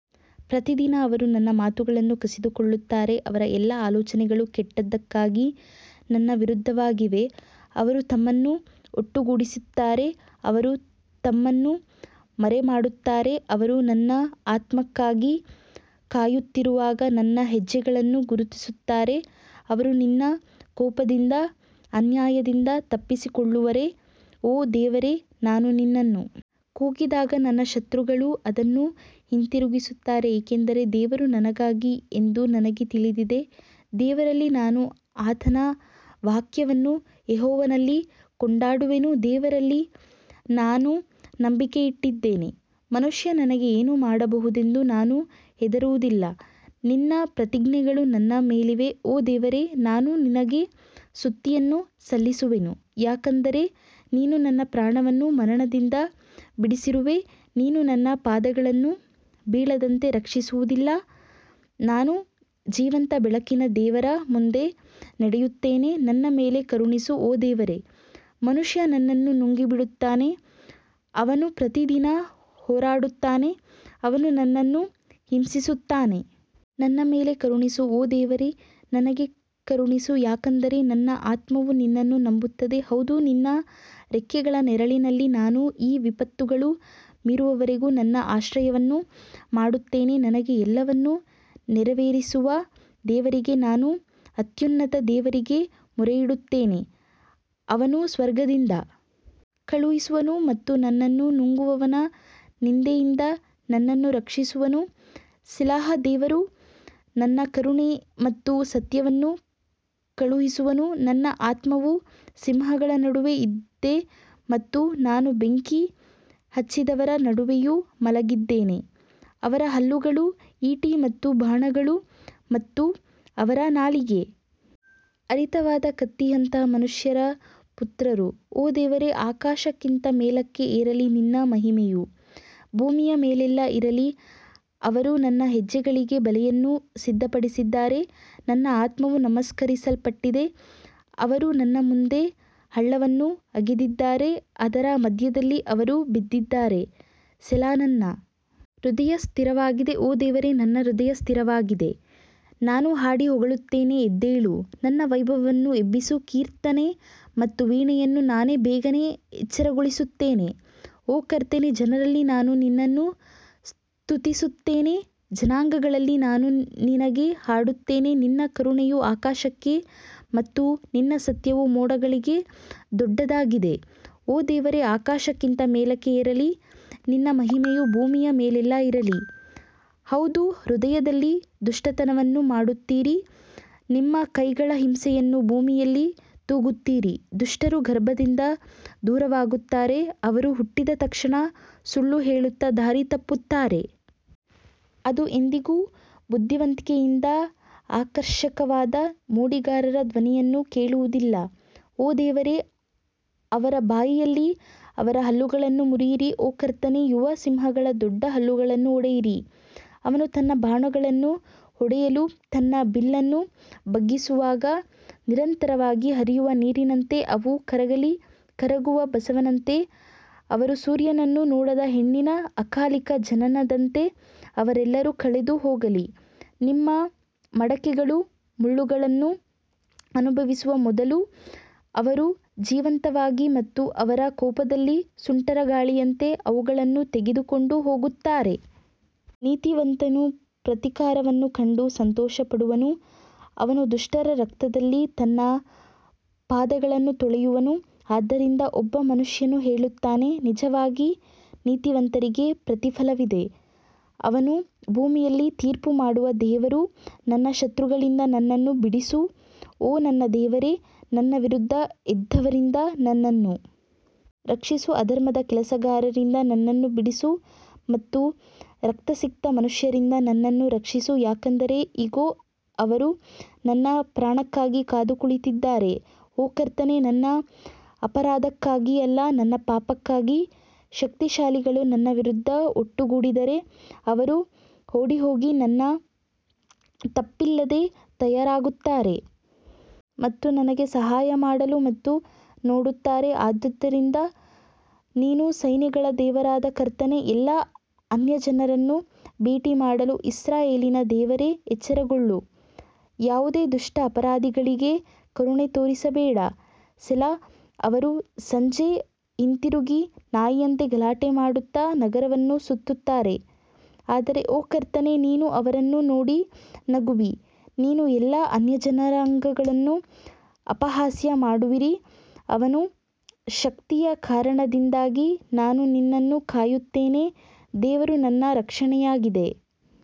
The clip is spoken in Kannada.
ಪ್ರತಿದಿನ ಅವರು ನನ್ನ ಮಾತುಗಳನ್ನು ಕಸಿದುಕೊಳ್ಳುತ್ತಾರೆ, ಅವರ ಎಲ್ಲಾ ಆಲೋಚನೆಗಳು ಕೆಟ್ಟದ್ದಕ್ಕಾಗಿ ನನ್ನ ವಿರುದ್ಧವಾಗಿವೆ ಅವರು ತಮ್ಮನ್ನು ಒಟ್ಟುಗೂಡಿಸುತ್ತಾರೆ ಅವರು ತಮ್ಮನ್ನು ಮರೆಮಾಡುತ್ತಾರೆ ಅವರು ನನ್ನ ಆತ್ಮಕ್ಕಾಗಿ ಕಾಯುತ್ತಿರುವಾಗ ನನ್ನ ಹೆಜ್ಜೆಗಳನ್ನು ಗುರುತಿಸುತ್ತಾರೆ ಅವರು ನಿನ್ನ ಕೋಪದಿಂದ ಅನ್ಯಾಯದಿಂದ ತಪ್ಪಿಸಿಕೊಳ್ಳುವರೋ ಓ ದೇವರೇ ನಾನು ನಿನ್ನನ್ನು ಕೂಗಿದಾಗ ನನ್ನ ಶತ್ರುಗಳು ಅದನ್ನು ಹಿಂತಿರುಗಿಸುತ್ತಾರೆ ಏಕೆಂದರೆ ದೇವರು ನನಗಾಗಿ ಎಂದು ನನಗೆ ತಿಳಿದಿದೆ ದೇವರಲ್ಲಿ ನಾನು ಆತನ ವಾಕ್ಯವನ್ನು ಯೆಹೋವನಲ್ಲಿ ಕೊಂಡಾಡುವೆನು ದೇವರಲ್ಲಿ ನಾನು ನಂಬಿಕೆ ಇಟ್ಟಿದ್ದೇನೆ, ಮನುಷ್ಯ ನನಗೆ ಏನು ಮಾಡಬಹುದೆಂದು ನಾನು ಹೆದರುವುದಿಲ್ಲ ನಿನ್ನ ಪ್ರತಿಜ್ಞೆಗಳು ನನ್ನ ಮೇಲಿವೆ ಓ ದೇವರೇ ನಾನು ನಿನಗೆ ಸ್ತುತಿಯನ್ನು ಸಲ್ಲಿಸುವೆನು ಯಾಕಂದರೆ ನೀನು ನನ್ನ ಪ್ರಾಣವನ್ನು ಮರಣದಿಂದ ಬಿಡಿಸಿರುವೆ ನೀನು ನನ್ನ ಪಾದಗಳನ್ನು ಬೀಳದಂತೆ ರಕ್ಷಿಸುವುದಿಲ್ಲ ನಾನು ಜೀವಂತ ಬೆಳಕಿನಲ್ಲಿ ದೇವರ ಮುಂದೆ ನಡೆಯುತ್ತೇನೆ ನನ್ನ ಮೇಲೆ ಕರುಣಿಸು ಓ ದೇವರೇ ಮನುಷ್ಯ ನನ್ನನ್ನು ನುಂಗಿಬಿಡುತ್ತಾನೆ, ಅವನು ಪ್ರತಿದಿನ ಹೋರಾಡುತ್ತಾನೆ, ಅವನು ನನ್ನನ್ನು ಹಿಂಸಿಸುತ್ತಾನೆ. ನನ್ನ ಮೇಲೆ ಕರುಣಿಸು ಓ ದೇವರೇ ನನಗೆ ಕರುಣಿಸು ಯಾಕಂದರೆ ನನ್ನ ಆತ್ಮವು ನಿನ್ನನ್ನು ನಂಬುತ್ತದೆ ಹೌದು ನಿನ್ನ ರೆಕ್ಕೆಗಳ ನೆರಳಿನಲ್ಲಿ ನಾನು ಈ ವಿಪತ್ತುಗಳು ಮೀರುವವರೆಗೆ ನನ್ನ ಆಶ್ರಯವನ್ನು ಮಾಡುತ್ತೇನೆ ನನಗೆ ಎಲ್ಲವನ್ನು ನೆರವೇರಿಸುವ ದೇವರಿಗೆ ನಾನು ಅತ್ಯುನ್ನತ ದೇವರಿಗೆ ಮೊರೆಯಿಡುತ್ತೇನೆ ಅವನು ಸ್ವರ್ಗದಿಂದ ಕಳುಹಿಸುವನು ಮತ್ತು ನನ್ನನ್ನು ನುಂಗುವವನ ನಿಂದೆಯಿಂದ ನನ್ನನ್ನು ರಕ್ಷಿಸುವನು ಸೆಲಾಹ್ ದೇವರು ತನ್ನ ಕರುಣೆ ಮತ್ತು ಸತ್ಯವನ್ನು ಕಳುಹಿಸುವನು ನನ್ನ ಆತ್ಮವು ಸಿಂಹಗಳ ನಡುವೆ ಇದೆ ಮತ್ತು ನಾನು ಬೆಂಕಿ ಹಚ್ಚಿದವರ ನಡುವೆಯೂ ಮಲಗಿದ್ದೇನೆ, ಅವರ ಹಲ್ಲುಗಳು ಈಟಿ ಮತ್ತು ಬಾಣಗಳು ಮತ್ತು ಅವರ ನಾಲಿಗೆ ಹರಿತವಾದ ಕತ್ತಿಯಂತಹ ಮನುಷ್ಯರ ಪುತ್ರರು ಓ ದೇವರೇ ಆಕಾಶಕ್ಕಿಂತ ಮೇಲಕ್ಕೆ ಏರಲಿ ನಿನ್ನ ಮಹಿಮೆಯು ಭೂಮಿಯ ಮೇಲೆಲ್ಲ ಇರಲಿ ಅವರು ನನ್ನ ಹೆಜ್ಜೆಗಳಿಗೆ ಬಲೆಯನ್ನು ಸಿದ್ಧಪಡಿಸಿದ್ದಾರೆ, ನನ್ನ ಆತ್ಮವು ನಮಸ್ಕರಿಸಲ್ಪಟ್ಟಿದೆ ಅವರು ನನ್ನ ಮುಂದೆ ಹಳ್ಳವನ್ನು ಅಗೆದಿದ್ದಾರೆ, ಅದರ ಮಧ್ಯದಲ್ಲಿ ಅವರು ಬಿದ್ದಿದ್ದಾರೆ ಸೆಲಾ ನನ್ನ ಹೃದಯ ಸ್ಥಿರವಾಗಿದೆ ಓ ದೇವರೇ ನನ್ನ ಹೃದಯ ಸ್ಥಿರವಾಗಿದೆ ನಾನು ಹಾಡಿ ಹೊಗಳುತ್ತೇನೆ ಎದ್ದೇಳು ನನ್ನ ವೈಭವವನ್ನು ಎಬ್ಬಿಸು ಕೀರ್ತನೆ ಮತ್ತು ವೀಣೆಯನ್ನು ನಾನೇ ಬೇಗನೆ ಎಚ್ಚರಗೊಳಿಸುತ್ತೇನೆ ಓ ಕರ್ತನೇ, ಜನರಲ್ಲಿ ನಾನು ನಿನ್ನನ್ನು ಸ್ತುತಿಸುತ್ತೇನೆ, ಜನಾಂಗಗಳಲ್ಲಿ ನಾನು ನಿನಗೆ ಹಾಡುತ್ತೇನೆ ನಿನ್ನ ಕರುಣೆಯು ಆಕಾಶಕ್ಕೆ ಮತ್ತು ನಿನ್ನ ಸತ್ಯವು ಮೋಡಗಳಿಗೆ ದೊಡ್ಡದಾಗಿದೆ ಓ ದೇವರೇ ಆಕಾಶಕ್ಕಿಂತ ಮೇಲಕ್ಕೆ ಏರಲಿ ನಿನ್ನ ಮಹಿಮೆಯು ಭೂಮಿಯ ಮೇಲೆಲ್ಲ ಇರಲಿ ಹೌದು ಹೃದಯದಲ್ಲಿ ದುಷ್ಟತನವನ್ನು ಮಾಡುತ್ತೀರಿ ನಿಮ್ಮ ಕೈಗಳ ಹಿಂಸೆಯನ್ನು ಭೂಮಿಯಲ್ಲಿ ತೂಗುತ್ತೀರಿ ದುಷ್ಟರು ಗರ್ಭದಿಂದ ದೂರವಾಗುತ್ತಾರೆ, ಅವರು ಹುಟ್ಟಿದ ತಕ್ಷಣ ಸುಳ್ಳು ಹೇಳುತ್ತಾ ದಾರಿ ತಪ್ಪುತ್ತಾರೆ. ಇದು ಎಂದಿಗೂ ಬುದ್ಧಿವಂತಿಕೆಯಿಂದ ಆಕರ್ಷಕವಾದ ಮೋಡಿಗಾರರ ಧ್ವನಿಯನ್ನು ಕೇಳುವುದಿಲ್ಲ ಓ ದೇವರೇ ಅವರ ಬಾಯಿಯಲ್ಲಿ ಅವರ ಹಲ್ಲುಗಳನ್ನು ಮುರಿಯಿರಿ ಓ ಕರ್ತನೇ ಯುವ ಸಿಂಹಗಳ ದೊಡ್ಡ ಹಲ್ಲುಗಳನ್ನು ಒಡೆಯಿರಿ ಅವನು ತನ್ನ ಬಾಣಗಳನ್ನು ಹೊಡೆಯಲು ತನ್ನ ಬಿಲ್ಲನ್ನು ಬಗ್ಗಿಸುವಾಗ ನಿರಂತರವಾಗಿ ಹರಿಯುವ ನೀರಿನಂತೆ ಅವು ಕರಗಲಿ ಕರಗುವ ಬಸವನಂತೆ, ಅವರು ಸೂರ್ಯನನ್ನು ನೋಡದ ಹೆಣ್ಣಿನ ಅಕಾಲಿಕ ಜನನದಂತೆ ಅವರೆಲ್ಲರೂ ಕಳೆದು ಹೋಗಲಿ ನಿಮ್ಮ ಮಡಕೆಗಳು ಮುಳ್ಳುಗಳನ್ನು ಅನುಭವಿಸುವ ಮೊದಲು ಅವರು ಜೀವಂತವಾಗಿ ಮತ್ತು ಅವರ ಕೋಪದಲ್ಲಿ ಸುಂಟರಗಾಳಿಯಂತೆ ಅವುಗಳನ್ನು ತೆಗೆದುಕೊಂಡು ಹೋಗುತ್ತಾರೆ. ನೀತಿವಂತನು ಪ್ರತೀಕಾರವನ್ನು ಕಂಡು ಸಂತೋಷಪಡುವನು, ಅವನು ದುಷ್ಟರ ರಕ್ತದಲ್ಲಿ ತನ್ನ ಪಾದಗಳನ್ನು ತೊಳೆಯುವನು ಆದ್ದರಿಂದ ಒಬ್ಬ ಮನುಷ್ಯನು ಹೇಳುತ್ತಾನೆ, ನಿಜವಾಗಿ ನೀತಿವಂತರಿಗೆ ಪ್ರತಿಫಲವಿದೆ, ಅವನು ಭೂಮಿಯಲ್ಲಿ ತೀರ್ಪು ಮಾಡುವ ದೇವರು ನನ್ನ ಶತ್ರುಗಳಿಂದ ನನ್ನನ್ನು ಬಿಡಿಸು ಓ ನನ್ನ ದೇವರೇ ನನ್ನ ವಿರುದ್ಧ ಎದ್ದವರಿಂದ ನನ್ನನ್ನು ರಕ್ಷಿಸು ಅಧರ್ಮದ ಕೆಲಸಗಾರರಿಂದ ನನ್ನನ್ನು ಬಿಡಿಸು ಮತ್ತು ರಕ್ತಸಿಕ್ತ ಮನುಷ್ಯರಿಂದ ನನ್ನನ್ನು ರಕ್ಷಿಸು ಯಾಕಂದರೆ ಇಗೋ ಅವರು ನನ್ನ ಪ್ರಾಣಕ್ಕಾಗಿ ಕಾದು ಕುಳಿತಿದ್ದಾರೆ ಓ ಕರ್ತನೇ ನನ್ನ ಅಪರಾಧಕ್ಕಾಗಿ ಅಲ್ಲ, ನನ್ನ ಪಾಪಕ್ಕಾಗಿ ಶಕ್ತಿಶಾಲಿಗಳು ನನ್ನ ವಿರುದ್ಧ ಒಟ್ಟುಗೂಡಿದ್ದಾರೆ ಅವರು ಓಡಿಹೋಗಿ ನನ್ನ ತಪ್ಪಿಲ್ಲದೆ ತಯಾರಾಗುತ್ತಾರೆ ಮತ್ತು ನನಗೆ ಸಹಾಯ ಮಾಡಲು ಮತ್ತು ನೋಡುತ್ತಾರೆ ಆದುದರಿಂದ ನೀನು ಸೈನ್ಯಗಳ ದೇವರಾದ ಕರ್ತನೇ, ಎಲ್ಲಾ ಅನ್ಯಜನರನ್ನು ಭೇಟಿಮಾಡಲು ಇಸ್ರಾಯೇಲಿನ ದೇವರೇ ಎಚ್ಚರಗೊಳ್ಳು, ಯಾವುದೇ ದುಷ್ಟ ಅಪರಾಧಿಗಳಿಗೆ ಕರುಣೆ ತೋರಿಸಬೇಡ ಸೆಲಾ ಅವರು ಸಂಜೆ ಹಿಂತಿರುಗಿ ನಾಯಿಯಂತೆ ಗಲಾಟೆ ಮಾಡುತ್ತಾ ನಗರವನ್ನು ಸುತ್ತುತ್ತಾರೆ ಆದರೆ ಓ ಕರ್ತನೇ, ನೀನು ಅವರನ್ನು ನೋಡಿ ನಗುವಿ, ನೀನು ಎಲ್ಲಾ ಅನ್ಯಜನಾಂಗಗಳನ್ನು ಅಪಹಾಸ್ಯ ಮಾಡುವಿರಿ ಅವನ ಶಕ್ತಿಯ ಕಾರಣದಿಂದಾಗಿ ನಾನು ನಿನ್ನನ್ನು ಕಾಯುತ್ತೇನೆ, ದೇವರು ನನ್ನ ರಕ್ಷಣೆಯಾಗಿದೆ.